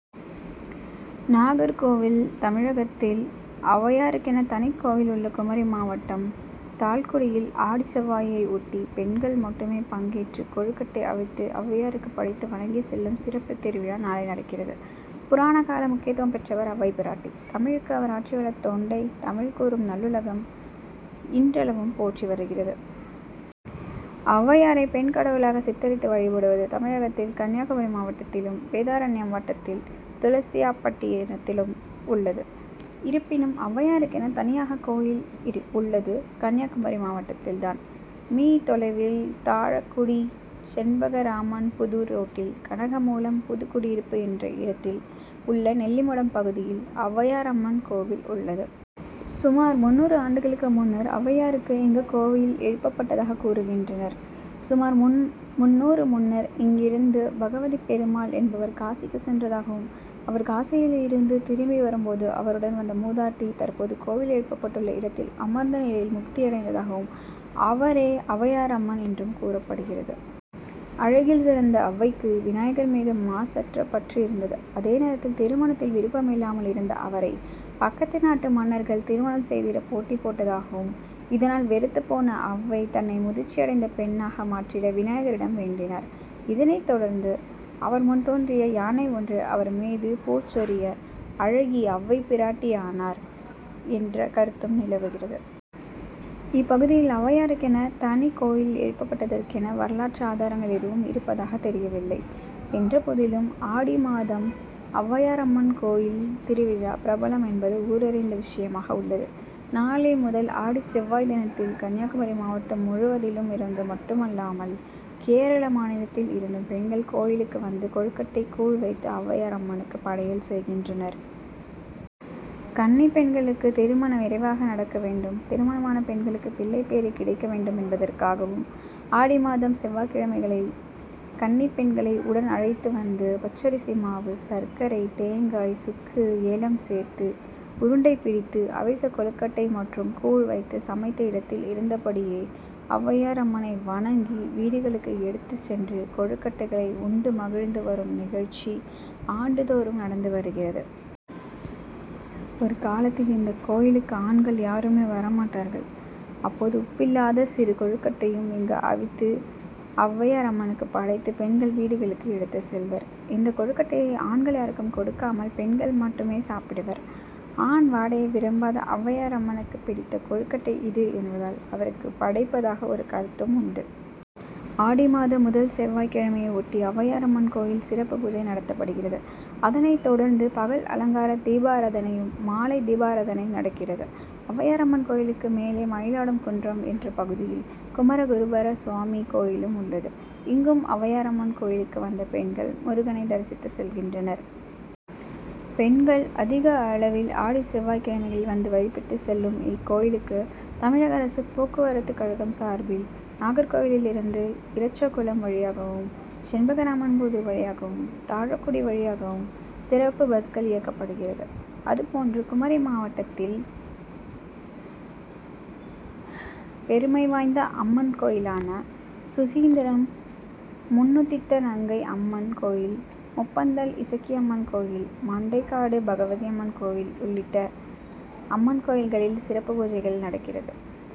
நாகர்கோவில் தமிழகத்தில் அவ்வையாருக்கென தனிக் கோயில் உள்ள குமரி மாவட்டம் தாழக்குடியில் ஆடிச் செவ்வாயை ஒட்டி பெண்கள் மட்டுமே பங்கேற்று கொழுக்கட்டை அவித்து அவ்வையாருக்கு படைத்து வணங்கிச் செல்லும் சிறப்பு திருவிழா நாளை நடக்கிறது. புராண கால முக்கியத்துவம் பெற்றவர் அவ்வை பிராட்டி. தமிழுக்கு அவர் ஆற்றியுள்ள தொண்டை தமிழ் கூறும் நல்லுலகம் இன்றளவும் போற்றி வருகிறது. அவ்வையாரை பெண் கடவுளாக சித்தரித்து வழிபடுவது தமிழகத்தில் கன்னியாகுமரி மாவட்டத்திலும், வேதாரண்யம் வட்டத்தில் துளசியாப்பட்டினத்திலும் உள்ளது. இருப்பினும் அவ்வையாருக்கென தனியாக கோயில் உள்ளது கன்னியாகுமரி மாவட்டத்தில் தான். மீ. தொலைவில் தாழக்குடி-செண்பகராமன்புதூர் ரோட்டில் கனகமூலம் புதுகுடியிருப்பு என்ற இடத்தில் உள்ள நெல்லிமடம் பகுதியில் அவ்வையாரம்மன் கோயில் உள்ளது. சுமார் முந்நூறு ஆண்டுகளுக்கு முன்னர் அவ்வையாருக்கு இங்கு கோயில் எழுப்பப் பட்டதாக கூறுகின்றனர். சுமார் முந்நூறு முன்னர் இங்கிருந்து பகவதிப் பெருமாள் என்பவர் காசிக்கு சென்றதாகவும், அவர் காசியில் இருந்து திரும்பி வரும்போது அவருடன் வந்த மூதாட்டி தற்போது கோயில் எழுப்பப்பட்டுள்ள இடத்தில் அமர்ந்த நிலையில் முக்தியடைந்ததாகவும், அவரே அவ்வையாரம்மன் என்றும் கூறப்படுகிறது. அழகில் சிறந்த அவ்வைக்கு விநாயகர் மீது மாசற்ற பற்று இருந்தது. அதே நேரத்தில் திருமணத்தில் விருப்பம் இல்லாமல் இருந்த அவரை பக்கத்து நாட்டு மன்னர்கள் திருமணம் செய்திட போட்டி போட்டதாகவும், இதனால் வெறுத்துப்போன அவ்வை, தன்னை முதிர்ச்சி அடைந்த பெண்ணாக மாற்றிட விநாயகரிடம் வேண்டினார். இதனை தொடர்ந்து அவர் முன்தோன்றிய யானை ஒன்று அவர் மீது பூச்சொரிய, அழகி அவ்வை, பிராட்டியானார் என்ற கருத்தும் நிலவுகிறது. இப்பகுதியில் அவ்வையாருக்கென தனிக் கோயில் எழுப்பப்பட்டதற்கென வரலாற்று ஆதாரங்கள் எதுவும் இருப்பதாக தெரியவில்லை என்றபோதிலும் ஆடி மாதம் அவ்வையாரம்மன் கோயில் திருவிழா பிரபலம் என்பது ஊரறிந்த விஷயமாக உள்ளது. நாளை முதல் ஆடிச் செவ்வாய் தினத்தில் கன்னியாகுமரி மாவட்டம் முழுவதிலும் இருந்து மட்டுமல்லாமல், கேரள மாநிலத்தில் இருந்தும் பெண்கள் கோயிலுக்கு வந்து கொழுக்கட்டை, கூழ் வைத்து அவ்வையாரம்மனுக்கு படையல் செய்கின்றனர். கன்னிப் பெண்களுக்கு திருமணம் விரைவாக நடக்க வேண்டும். திருமணமான பெண்களுக்கு பிள்ளைப்பேறு கிடைக்க வேண்டும் என்பதற்காகவும் ஆடி மாதம் செவ்வாய்க் கிழமைகளில் கன்னிப் பெண்களை உடன் அழைத்து வந்து பச்சரிசி மாவு, சர்க்கரை, தேங்காய், சுக்கு, ஏலம் சேர்த்து உருண்டை பிடித்து அவித்த கொழுக்கட்டை மற்றும் கூழ் வைத்து சமைத்த இடத்தில் இருந்தபடியே அவ்வையாரம்மனை வணங்கி வீடுகளுக்கு எடுத்து சென்று கொழுக்கட்டைகளை உண்டு மகிழ்ந்து வரும் நிகழ்ச்சி ஆண்டு தோறும் நடந்து வருகிறது. ஒரு காலத்தில் இந்தக் கோயிலுக்கு ஆண்கள் யாருமே வரமாட்டார்கள். அப்போது உப்பில்லாத சிறு கொழுக்கட்டையும் இங்கு அவித்து அவ்வையார் அம்மனுக்கு படைத்து பெண்கள் வீடுகளுக்கு எடுத்து செல்வர். இந்த கொழுக்கட்டையை ஆண்கள் யாருக்கும் கொடுக்காமல் பெண்கள் மட்டுமே சாப்பிடுவர். ஆண் வாடையை விரும்பாத அவ்வையாரம்மனுக்கு பிடித்த கொழுக்கட்டை இது என்பதால் அவருக்கு படைப்பதாக ஒரு கருத்தும் உண்டு. ஆடி மாத முதல் செவ்வாய் கிழமையை ஒட்டி அவ்வையாரம்மன் கோயில் சிறப்பு பூஜை நடத்தப்படுகிறது. அதனை தொடர்ந்து பகல் அலங்கார தீபாராதனையும், மாலை தீபாராதனை நடக்கிறது. அவ்வையாரம்மன் கோயிலுக்கு மேலே மயிலாடும் குன்றம் என்ற பகுதியில் குமரகுருபர சுவாமி கோயிலும் உள்ளது. இங்கும் அவ்வையாரம்மன் கோயிலுக்கு வந்த பெண்கள் முருகனை தரிசித்து செல்கின்றனர். பெண்கள் அதிக அளவில் ஆடி செவ்வாய் கிழமைகளில் வந்து வழிபட்டு செல்லும் இக்கோயிலுக்கு தமிழக அரசு போக்குவரத்து கழகம் சார்பில் நாகர்கோவிலில் இருந்து இறச்சகுளம், வழியாகவும், செண்பகராமன்புதூர் வழியாகவும், தாழக்குடி வழியாகவும் சிறப்பு பஸ்கள் இயக்கபடுகிறது. அதுபோன்று குமரி மாவட்டத்தில் பெருமை வாய்ந்த அம்மன் கோயிலான சுசீந்திரம் முன்னுதித்தநங்கைஅம்மன் கோயில், முப்பந்தல் இசக்கியம்மன் கோயில், மண்டைகாடு பகவதியம்மன்கோயில் உள்ளிட்ட அம்மன்கோயில்களில் சிறப்பு பூஜைகள் நடக்கிறது.